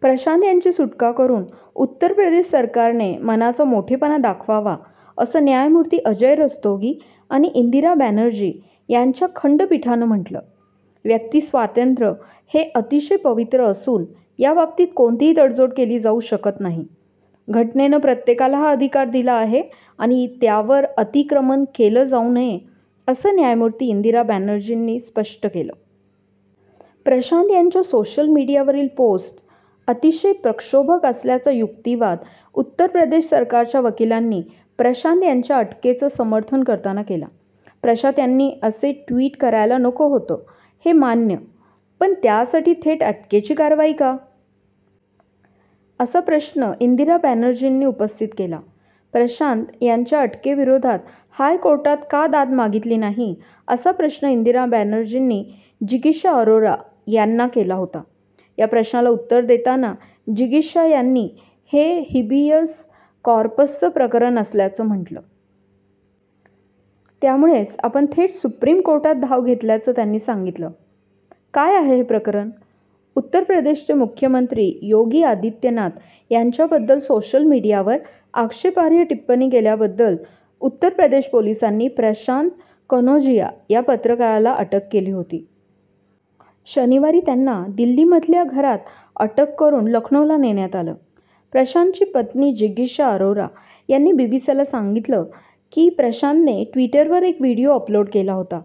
प्रशांत यांची सुटका करून उत्तर प्रदेश सरकारने मनाचा मोठेपणा दाखवावा, असं न्यायमूर्ती अजय रस्तोगी आणि इंदिरा बॅनर्जी यांच्या खंडपीठानं म्हटलं. व्यक्तिस्वातंत्र्य हे अतिशय पवित्र असून त्याबाबतीत कोणतीही तडजोड केली जाऊ शकत नाही. घटनेनं प्रत्येकाला हा अधिकार दिला आहे आणि त्यावर अतिक्रमण केलं जाऊ नये, असं न्यायमूर्ती इंदिरा बॅनर्जींनी स्पष्ट केलं. प्रशांत यांच्या सोशल मीडियावरील पोस्ट्स अतिशय प्रक्षोभक असल्याचा युक्तिवाद उत्तर प्रदेश सरकारच्या वकिलांनी प्रशांत यांच्या अटकेचं समर्थन करताना केला. प्रशांत यांनी असे ट्वीट करायला नको होतं, हे मान्य. पण त्यासाठी थेट अटकेची कारवाई का? असा प्रश्न इंदिरा बॅनर्जींनी उपस्थित केला. प्रशांत यांच्या अटकेविरोधात हायकोर्टात का दाद मागितली नाही, असा प्रश्न इंदिरा बॅनर्जींनी जिगीषा अरोरा यांना केला होता. या प्रश्नाला उत्तर देताना जिगीषा यांनी हे हेबियस कॉपर्सचं प्रकरण असल्याचं म्हटलं. त्यामुळेच आपण थेट सुप्रीम कोर्टात धाव घेतल्याचं त्यांनी सांगितलं. काय आहे हे प्रकरण? उत्तर प्रदेशचे मुख्यमंत्री योगी आदित्यनाथ यांच्याबद्दल सोशल मीडियावर आक्षेपार्ह टिप्पणी केल्याबद्दल उत्तर प्रदेश पोलिसांनी प्रशांत कनौजिया या पत्रकाराला अटक केली होती. शनिवारी त्यांना दिल्लीमधल्या घरात अटक करून लखनौला नेण्यात आलं. प्रशांतची पत्नी जिगीषा अरोरा यांनी बीबीसीला सांगितलं, की प्रशांतने ट्विटरवर एक व्हीडिओ अपलोड केला होता.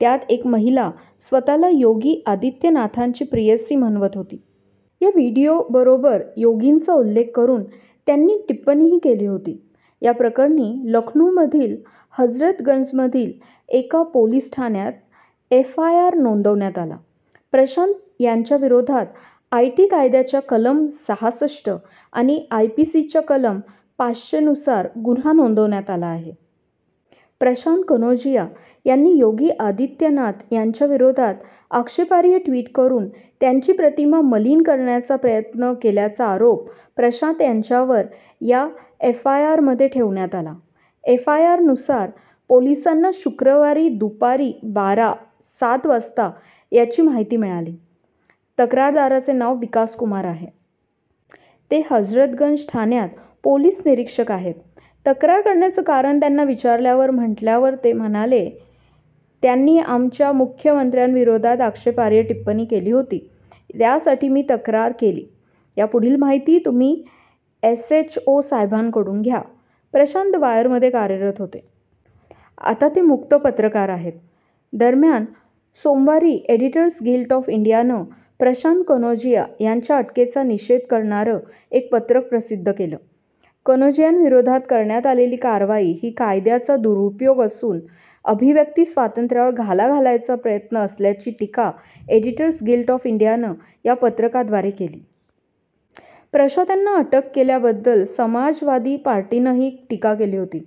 त्यात एक महिला स्वतःला योगी आदित्यनाथांची प्रेयसी म्हणवत होती. या व्हीडिओबरोबर योगींचा उल्लेख करून त्यांनी टिप्पणीही केली होती. या प्रकरणी लखनौमधील हजरतगंजमधील एका पोलीस ठाण्यात एफआयआर नोंदवण्यात आला. प्रशांत यांच्याविरोधात आयटी कायद्याच्या कलम सहासष्ट आणि आयपीसीच्या कलम पाचशे नुसार गुन्हा नोंदवण्यात आला आहे. प्रशांत कनौजिया यांनी योगी आदित्यनाथ यांच्याविरोधात आक्षेपार्ह ट्वीट करून त्यांची प्रतिमा मलिन करण्याचा प्रयत्न केल्याचा आरोप प्रशांत यांच्यावर या एफआयआरमध्ये ठेवण्यात आला. एफआयआरनुसार, पोलिसांना शुक्रवारी दुपारी बारा .सात वाजता याची माहिती मिळाली. तक्रारदाराचे नाव विकास कुमार आहे. ते हजरतगंज ठाण्यात पोलीस निरीक्षक आहेत. तक्रार करण्याचं कारण त्यांना विचारल्यावर म्हटल्यावर ते म्हणाले त्यांनी आमच्या मुख्यमंत्र्यांविरोधात आक्षेपार्ह टिप्पणी केली होती. त्यासाठी मी तक्रार केली. यापुढील माहिती तुम्ही एसएचओ साहेबांकडून घ्या. प्रशांत द वायरमध्ये कार्यरत होते. आता ते मुक्त पत्रकार आहेत. दरम्यान, सोमवारी एडिटर्स गिल्ड ऑफ इंडियानं प्रशांत कनौजिया यांच्या अटकेचा निषेध करणारं एक पत्रक प्रसिद्ध केलं. कनौजियांविरोधात करण्यात आलेली कारवाई ही कायद्याचा दुरूपयोग असून अभिव्यक्ती स्वातंत्र्यावर घाला घालण्याचा प्रयत्न असल्याची टीका एडिटर्स गिल्ड ऑफ इंडियानं या पत्रकाद्वारे केली. प्रशांत यांना अटक केल्याबद्दल समाजवादी पार्टीनंही टीका केली होती.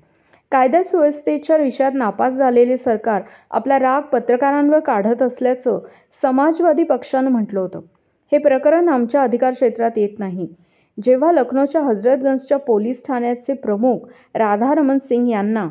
कायदा सुव्यवस्थेच्या विषयात नापास झालेले सरकार आपला राग पत्रकारांवर काढत असल्याचं समाजवादी पक्षानं म्हटलं होतं. हे प्रकरण आमच्या अधिकार क्षेत्रात येत नाही जेव्हा लखनौच्या हजरतगंजच्या पोलीस ठाण्याचे प्रमुख राधारमण सिंह यांना